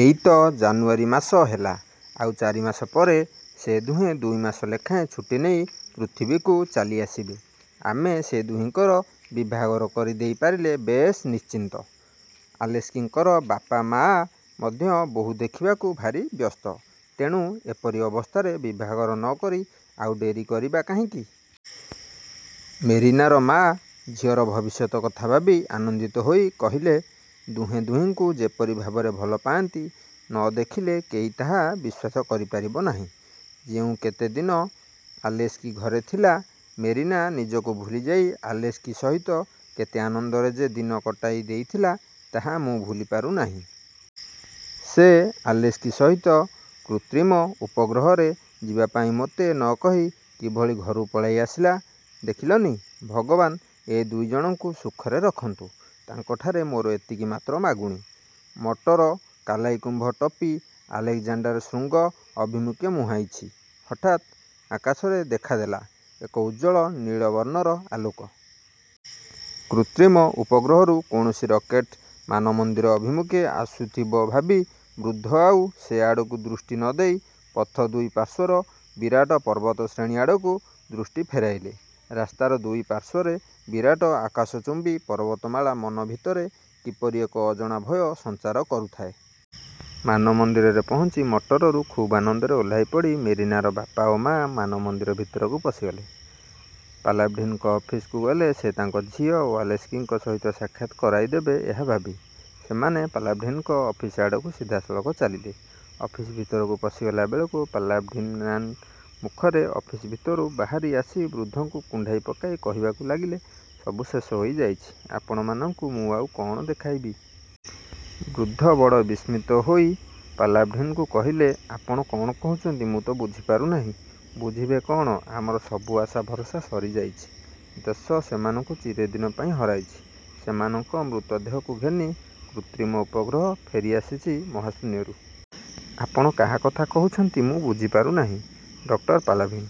ଏଇ ତ ଜାନୁଆରୀ ମାସ ହେଲା। ଆଉ ଚାରିମାସ ପରେ ସେ ଦୁହେଁ ଦୁଇମାସ ଲେଖାଏଁ ଛୁଟିନେଇ ପୃଥିବୀକୁ ଚାଲି ଆସିବେ। ଆମେ ସେ ଦୁହିଁଙ୍କର ବିଭାଘର କରିଦେଇ ପାରିଲେ ବେଶ୍ ନିଶ୍ଚିନ୍ତ। ଆଲେସ୍କିଙ୍କର ବାପା ମାଆ ମଧ୍ୟ ବୋହୂ ଦେଖିବାକୁ ଭାରି ବ୍ୟସ୍ତ। ତେଣୁ ଏପରି ଅବସ୍ଥାରେ ବିଭାଘର ନ କରି ଆଉ ଡେରି କରିବା କାହିଁକି? '' ମେରିନାର ମା, ଝିଅର ଭବିଷ୍ୟତ କଥା ଭାବି ଆନନ୍ଦିତ ହୋଇ କହିଲେ, ''ଦୁହେଁ ଦୁହିଁଙ୍କୁ ଯେପରି ଭାବରେ ଭଲପାଆନ୍ତି, ନ ଦେଖିଲେ କେହି ତାହା ବିଶ୍ୱାସ କରିପାରିବ ନାହିଁ। ଯେଉଁ କେତେଦିନ ଆଲେସ୍କି ଘରେ ଥିଲା, ମେରିନା ନିଜକୁ ଭୁଲିଯାଇ ଆଲେସ୍କି ସହିତ କେତେ ଆନନ୍ଦରେ ଯେ ଦିନ କଟାଇ ଦେଇଥିଲା ତାହା ମୁଁ ଭୁଲିପାରୁନାହିଁ। ସେ ଆଲେସ୍କି ସହିତ କୃତ୍ରିମ ଉପଗ୍ରହରେ ଯିବାପାଇଁ ମୋତେ ନ କହି କିଭଳି ଘରୁ ପଳାଇ ଆସିଲା, ଦେଖିଲନି। ଭଗବାନ୍ ଏ ଦୁଇଜଣଙ୍କୁ ସୁଖରେ ରଖନ୍ତୁ, ତାଙ୍କଠାରେ ମୋର ଏତିକି ମାତ୍ର ମାଗୁଣି। '' ମଟର କାଲାଇକୁମ୍ଭ ଟପି ଆଲେକଜାଣ୍ଡର ଶୃଙ୍ଗ ଅଭିମୁଖେ ମୁହାଁଇଛି। ହଠାତ୍ ଆକାଶରେ ଦେଖାଦେଲା, ଏକ ଉଜ୍ଜ୍ୱଳ ନୀଳବର୍ଣ୍ଣର ଆଲୋକ। କୃତ୍ରିମ ଉପଗ୍ରହରୁ କୌଣସି ରକେଟ୍ ମାନମନ୍ଦିର ଅଭିମୁଖେ ଆସୁଥିବ ଭାବି ବୃଦ୍ଧ ଆଉ ସେ ଆଡ଼କୁ ଦୃଷ୍ଟି ନ ଦେଇ ପଥ ଦୁଇ ପାର୍ଶ୍ୱର ବିରାଟ ପର୍ବତଶ୍ରେଣୀ ଆଡ଼କୁ ଦୃଷ୍ଟି ଫେରାଇଲେ। ରାସ୍ତାର ଦୁଇ ପାର୍ଶ୍ୱରେ ବିରାଟ ଆକାଶଚୁମ୍ବୀ ପର୍ବତମାଳା ମନ ଭିତରେ କିପରି ଏକ ଅଜଣା ଭୟ ସଞ୍ଚାର କରୁଥାଏ। ମାନମନ୍ଦିରରେ ପହଞ୍ଚି ମଟରରୁ ଖୁବ୍ଆନନ୍ଦରେ ଓହ୍ଲାଇପଡ଼ି ମେରିନାର ବାପା ଓ ମାଆ ମାନମନ୍ଦିର ଭିତରକୁ ପଶିଗଲେ। ପାଲାଭିନ୍ଙ୍କ ଅଫିସକୁ ଗଲେ ସେ ତାଙ୍କ ଝିଅ ଓ ଆଲେସ୍କିଙ୍କ ସହିତ ସାକ୍ଷାତ୍ କରାଇଦେବେ, ଏହା ଭାବି। ସେମାନେ ପାଲାଭିନ୍ଙ୍କ ଅଫିସ୍ଆଡ଼କୁ ସିଧା ସଳଖ ଚାଲିଲେ। ଅଫିସ ଭିତରକୁ ପଶିଗଲା ବେଳକୁ ପାଲାଭିନ୍ମ୍ଳାନ ମୁଖରେ ଅଫିସ ଭିତରୁ ବାହାରି ଆସି ବୃଦ୍ଧଙ୍କୁ କୁଣ୍ଡାଇ ପକାଇ କହିବାକୁ ଲାଗିଲେ–''ସବୁ ଶେଷ ହୋଇଯାଇଛି ଆପଣମାନଙ୍କୁ ମୁଁ ଆଉ କ'ଣ ଦେଖାଇବି? '' ବୃଦ୍ଧ ବଡ଼ ବିସ୍ମିତ ହୋଇ ପାଲାଭିନ୍ଙ୍କୁ କହିଲେ, ''ଆପଣ କ'ଣ କହୁଛନ୍ତି, ମୁଁ ତ ବୁଝିପାରୁନାହିଁ? '' ''ବୁଝିବେ କଅଣ? ଆମର ସବୁ ଆଶା ଭରସା ସରିଯାଇଛି। ଦେଶ ସେମାନଙ୍କୁ ଚିରଦିନ ପାଇଁ ହରାଇଛି। ସେମାନଙ୍କ ମୃତ ଦେହକୁ ଘେନି କୃତ୍ରିମ ଉପଗ୍ରହ ଫେରିଆସିଛି ମହାଶୂନ୍ୟରୁ। '' ''ଆପଣ କାହା କଥା କହୁଛନ୍ତି ମୁଁ ବୁଝିପାରୁନାହିଁ ଡକ୍ଟର ପାଲାଭିନ୍?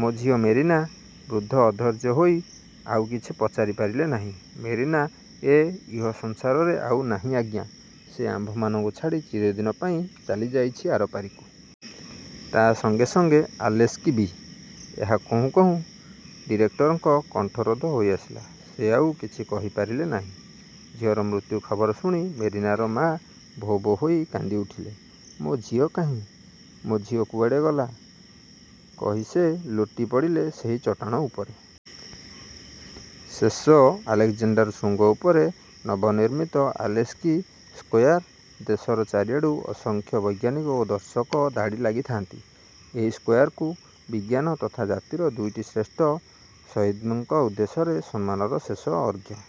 ମୋ ଝିଅ ମେରିନା? '' ବୃଦ୍ଧ ଅଧୈର୍ଯ୍ୟ ହୋଇ ଆଉ କିଛି ପଚାରି ପାରିଲେ ନାହିଁ। ''ମେରିନା ଏ ଇହସଂସାରରେ ଆଉ ନାହିଁ ଆଜ୍ଞା! ସେ ଆମ୍ଭମାନଙ୍କୁ ଛାଡ଼ି ଚିରଦିନ ପାଇଁ ଚାଲିଯାଇଛି ଆରପାରିକୁ। ତା' ସଙ୍ଗେ ସଙ୍ଗେ ଆଲେସ୍କି ବି। '' ଏହା କହୁଁ କହୁଁ ଡିରେକ୍ଟରଙ୍କ କଣ୍ଠରୋଧ ହୋଇ ଆସିଲା। ସେ ଆଉ କିଛି କହିପାରିଲେ ନାହିଁ। ଝିଅର ମୃତ୍ୟୁ ଖବର ଶୁଣି ମେରିନାର ମା 'ଭୋ' 'ଭୋ' ହୋଇ କାନ୍ଦି ଉଠିଲେ। ''ମୋ ଝିଅ କାହିଁ, ମୋ ଝିଅ କୁଆଡ଼େ ଗଲା'' କହି ସେ ଲୋଟି ପଡ଼ିଲେ ସେହି ଚଟାଣ ଉପରେ। ଶେଷ ଆଲେକ୍ଜାଣ୍ଡର ଶୃଙ୍ଗ ଉପରେ ନବନିର୍ମିତ ଆଲେସ୍କି ସ୍କୋୟାର୍। ଦେଶର ଚାରିଆଡ଼ୁ ଅସଂଖ୍ୟ ବୈଜ୍ଞାନିକ ଓ ଦର୍ଶକ ଧାଡ଼ି ଲାଗିଥାନ୍ତି ଏହି ସ୍କୋୟାର୍କୁ, ବିଜ୍ଞାନ ତଥା ଜାତିର ଦୁଇଟି ଶ୍ରେଷ୍ଠ ସହୀଦ୍ଙ୍କ ଉଦ୍ଦେଶ୍ୟରେ ସମ୍ମାନର ଶେଷ ଅର୍ଘ୍ୟ